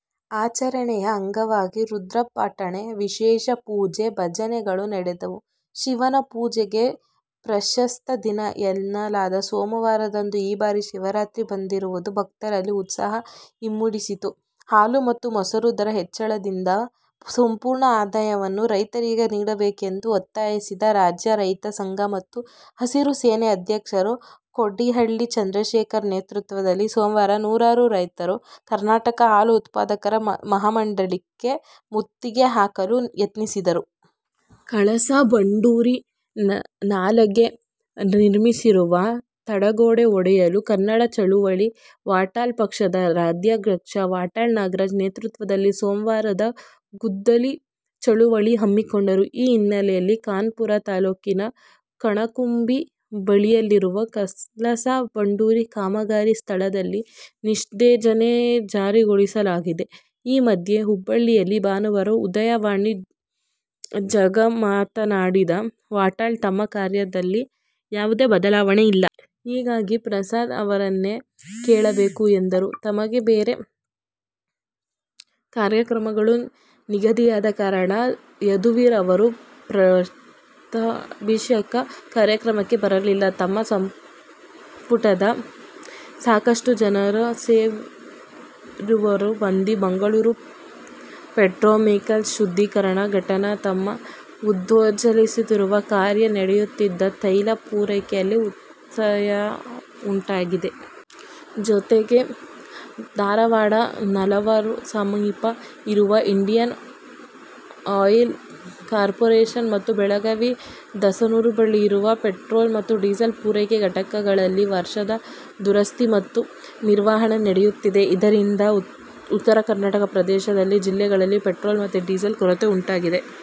ಆಚರಣೆಯ ಅಂಗವಾಗಿ ರುದ್ರಪಠಣ, ವಿಶೇಷ ಪೂಜೆ, ಭಜನೆಗಳು ನಡೆದವು. ಶಿವನ ಪೂಜೆಗೆ ಪ್ರಶಸ್ತ ದಿನ ಎನ್ನಲಾದ ಸೋಮವಾರದಂದು ಈ ಬಾರಿ ಶಿವರಾತ್ರಿ ಬಂದಿರುವುದು ಭಕ್ತರಲ್ಲಿ ಉತ್ಸಾಹ ಇಮ್ಮಡಿಸಿತ್ತು. ಹಾಲು ಮತ್ತು ಮೊಸರಿನ ದರ ಹೆಚ್ಚಳದಿಂದ ಬಂದ ಸಂಪೂರ್ಣ ಆದಾಯವನ್ನು ರೈತರಿಗೆ ನೀಡಬೇಕು ಎಂದು ಒತ್ತಾಯಿಸಿ ರಾಜ್ಯ ರೈತ ಸಂಘ ಮತ್ತು ಹಸಿರು ಸೇನೆ ಅಧ್ಯಕ್ಷ ಕೋಡಿಹಳ್ಳಿ ಚಂದ್ರಶೇಖರ್ ನೇತೃತ್ವದಲ್ಲಿ ಸೋಮವಾರ ನೂರಾರು ರೈತರು ಕರ್ನಾಟಕ ಹಾಲು ಉತ್ಪಾದಕರ ಮಹಾಮಂಡಳ ಕ್ಕೆ ಮುತ್ತಿಗೆ ಹಾಕಲು ಯತ್ನಿಸಿದರು. ಕಳಸಾ-ಬಂಡೂರಿ ನಾಲೆಗೆ ನಿರ್ಮಿಸಿರುವ ತಡೆಗೋಡೆ ಒಡೆಯಲು ಕನ್ನಡ ಚಳವಳಿ ವಾಟಾಳ್ ಪಕ್ಷದ ರಾಜ್ಯಾಧ್ಯಕ್ಷ ವಾಟಾಳ್ ನಾಗರಾಜ್ ನೇತೃತ್ವದಲ್ಲಿ ಸೋಮವಾರ ಗುದ್ದಲಿ ಚಳವಳಿ ಹಮ್ಮಿಕೊಂಡಿದ್ದು, ಈ ಹಿನ್ನೆಲೆಯಲ್ಲಿ ಖಾನಾಪುರ ತಾಲೂಕಿನ ಕಣಕುಂಬಿ ಬಳಿಯಿರುವ ಕಳಸಾ-ಬಂಡೂರಿ ಕಾಮಗಾರಿ ಸ್ಥಳದಲ್ಲಿ ನಿಷೇಧಾಜ್ಞೆಜಾರಿಗೊಳಿಸಲಾಗಿದೆ. ಈ ಮಧ್ಯೆ, ಹುಬ್ಬಳ್ಳಿಯಲ್ಲಿ ಭಾನುವಾರ "ಉದಯವಾಣಿ' ಜತೆಮಾತನಾಡಿದ ವಾಟಾಳ್, ತಮ್ಮ ಕಾರ್ಯಕ್ರಮದಲ್ಲಿ ಯಾವುದೇ ಬದಲಾವಣೆ ಇಲ್ಲ. ಹೀಗಾಗಿ ಪ್ರಸಾದ್ ಅವರನ್ನೇ ಕೇಳಬೇಕು ಎಂದರು. ತಮಗೆ ಬೇರೆ ಕಾರ್ಯಕ್ರಮಗಳು ನಿಗದಿಯಾಗಿದ್ದ ಕಾರಣ ಯದುವೀರ ಅವರ ಪಟ್ಟಾಭಿಷೇಕ ಕಾರ್ಯಕ್ರಮಕ್ಕೆ ಬರಲಿಲ್ಲ. ತಮ್ಮ ಸಂಪುಟದ ಸಾಕಷ್ಟು ಜನ ಸಚಿವರು ಬಂದಿದ್ದರು ಎಂದು ನುಡಿದರು. ಮಂಗಳೂರಿನ ಮಂಗಳೂರು ಪೆಟ್ರೋಕೆಮಿಕಲ್ಸ್ ಶುದ್ಧೀಕರಣ ಘಟಕ ವನ್ನು ಮೇಲ್ದರ್ಜೆಗೇರಿಸುವ ಕಾರ್ಯ ನಡೆಯುತ್ತಿದ್ದು, ತೈಲ ಪೂರೈಕೆಯಲ್ಲಿ ವ್ಯತ್ಯಯ ಉಂಟಾಗಿದೆ. ಜತೆಗೆ, ಧಾರವಾಡದ ನವಲೂರು ಸಮೀಪ ಇರುವ ಇಂಡಿಯನ್ ಆಯಿಲ್ ಕಾರ್ಪೊರೆಷನ್ ಮತ್ತು ಬೆಳಗಾವಿಯ ದೇಸನೂರು ಬಳಿ ಇರುವ ಪೆಟ್ರೋಲ್ ಮತ್ತು ಡೀಸೆಲ್ ಪೂರೈಕೆ ಘಟಕಗಳಲ್ಲಿ ವಾರ್ಷಿಕ ದುರಸ್ತಿ ಮತ್ತು ನಿರ್ವಹಣೆ ನಡೆಯುತ್ತಿದೆ. ಇದರಿಂದಾಗಿ ಉತ್ತರ ಕರ್ನಾಟಕ ಪ್ರದೇಶದ ಜಿಲ್ಲೆಗಳಲ್ಲಿ ಪೆಟ್ರೋಲ್ ಮತ್ತು ಡೀಸೆಲ್ ಕೊರತೆ ಉಂಟಾಗಿದೆ.